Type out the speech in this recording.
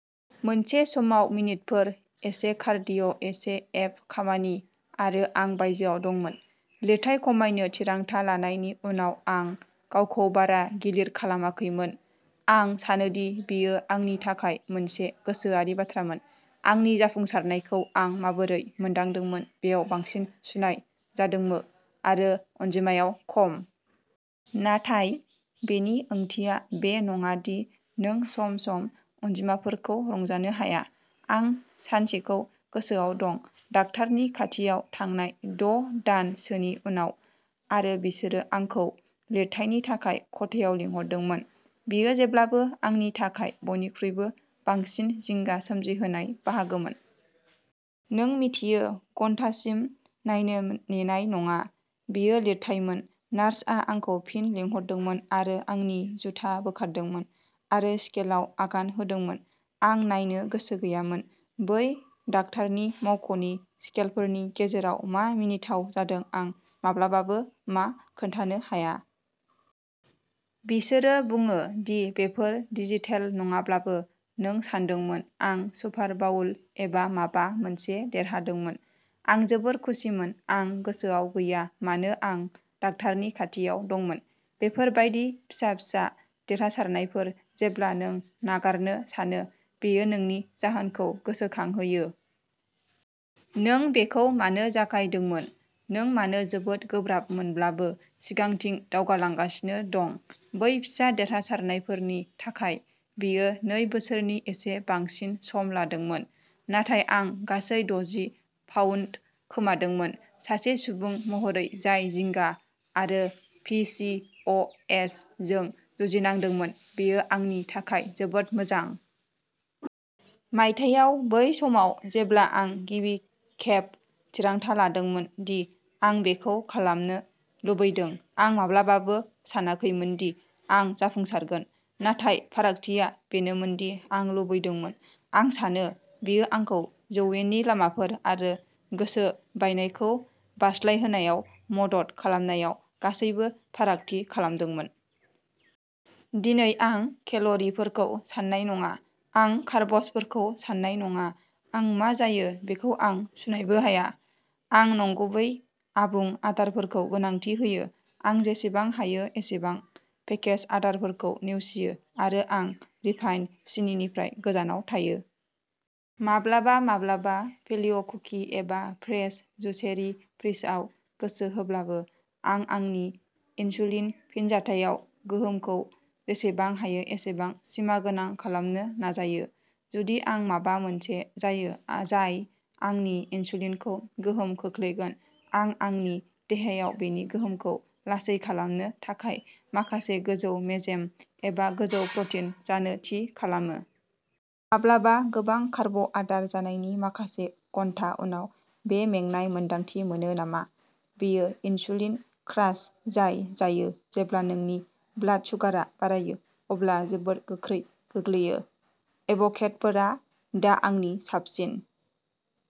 मोनसे समाव मिनिटफोर। एसे कारडिय', एसे एब खामानि आरो आं बायजोआव दंमोन। लिरथाय खमायनो थिरांथा लानायनि उनाव आं गावखौ बारा गिलिर खालामाखैमोन। आं सानोदि बेयो आंनि थाखाय मोनसे गोसोआरि बाथ्रामोन। आंनि जाफुंसारनायखौ आं माबोरै मोनदांदोंमोन बेयाव बांसिन सुनाय जादोंमो आरो अनजिमायाव खम। नाथाय बेनि ओंथिया बे नङा दि नों सम-सम अनजिमाफोरखौ रंजानो हाया। आं सानसेखौ गोसोआव दं। दाकतारनि खाथियाव थांनाय द’ दान सोनि उनाव आरो बिसोरो आंखौ लिरथायनि थाखाय खथायाव लिंहरदोंमोन। बेयो जेब्लाबो आंनि थाखाय बयनिख्रुइबो बांसिन जिंगा सोमजिहोनाय बाहागोमोन। नों मिथियो घन्टासिम नायनो नेनाय नङा। बेयो लिरथायमोन। नार्सआ आंखौ फिन लिंहरदोंमोन आरो आंनि जुथा बोखारदोंमोन आरो स्केलआव आगान होदोंमोन। आं नायनो गोसो गैयामोन। बै दाकतारनि मावख'नि स्केलफोरनि गेजेराव मा मिनिथाव जादों आं माब्लाबाबो मा खोनथानो हाया। बिसोरो बुङो दि बेफोर डिजिटेल नङाब्लाबो। नों सानदोंमोन आं सुपार बाउल एबा माबा मोनसे देरहादोंमोन। आं जोबोद खुसिमोन। आं गोसोआव गैया मानो आं डाक्टारनि खाथियाव दंमोन। बेफोर बायदि फिसा फिसा देरहासारनायफोर जेब्ला नों नागारनो सानो बेयो नोंनि जाहोनखौ गोसोखांहोयो। नों बेखौ मानो जागायदोंमोन। नों मानो जोबोद गोब्राब मोनब्लाबो सिगांथिं दावगालांगासिनो दं। बै फिसा देरहासारनायफोरनि थाखाय। बेयो नै बोसोरनि एसे बांसिन सम लादोंमोन। नाथाय आं गासै दजि पाउन्द खोमादोंमोन। सासे सुबुं महरै जाय जिंगा आरो पि चि अ एस जों जुजिनांदोंमोन बेयो आंनि थाखाय जोबोद मोजां। मायथाइयाव बै समाव जेब्ला आं गिबि खेब थिरांथा लादोंमोन दि आं बेखौ खालामनो लुबैदों। आं माब्लाबाबो सानाखैमोनदि आं जाफुंसारगोन। नाथाय फारागथिया बेनोमोनदि आं लुबैदोंमोन। आं सानो, बेयो आंखौ जौयेननि लामाफोर आरो गोसो बायनायखौ बारस्लायहोनायाव मदद खालामनायाव गासैबो फारागथि खालामदोंमोन। दिनै आं केल'रिफोरखौ साननाय नङा। आं कार्बसफोरखौ साननाय नङा। आं मा जायो बेखौ आं सुनायबो हाया। आं नंगुबै आबुं आदारफोरखौ गोनांथि होयो। आं जेसेबां हायो एसेबां पेकेज आदारफोरखौ नेवसियो आरो आं रिफाइन्ड सिनिनिफ्राय गोजानाव थायो। माब्लाबा-माब्लाबा पेलिय'कुकि एबा प्रेस्ड जुसेरि फ्रिजआव गोसो होब्लाबो आं आंनि इनसुलिन फिनजाथायाव गोहोमखौ जेसेबां हायो एसेबां सिमागोनां खालामनो नाजायो। जुदि आं माबा मोनसे जायो जाय आंनि इनसुलिनखौ गोहोम खोख्लैगोन। आं आंनि देहायाव बेनि गोहोमखौ लासै खालामनो थाखाय माखासे गोजौ मेजेम एबा गोजौ प्रटिन जानो थि खालामो। माब्लाबा गोबां कार्ब आदार जानायनि माखासे घन्टा उनाव बे मेंनाय मोन्दांथि मोनो नामा? बेयो इनसुलिन क्रास जाय जायो जेब्ला नोंनि ब्लाड सुगारआ बारायो अब्ला जोबोद गोख्रै गोग्लैयो। एभ'केड'फोरा दा आंनि साबसिन।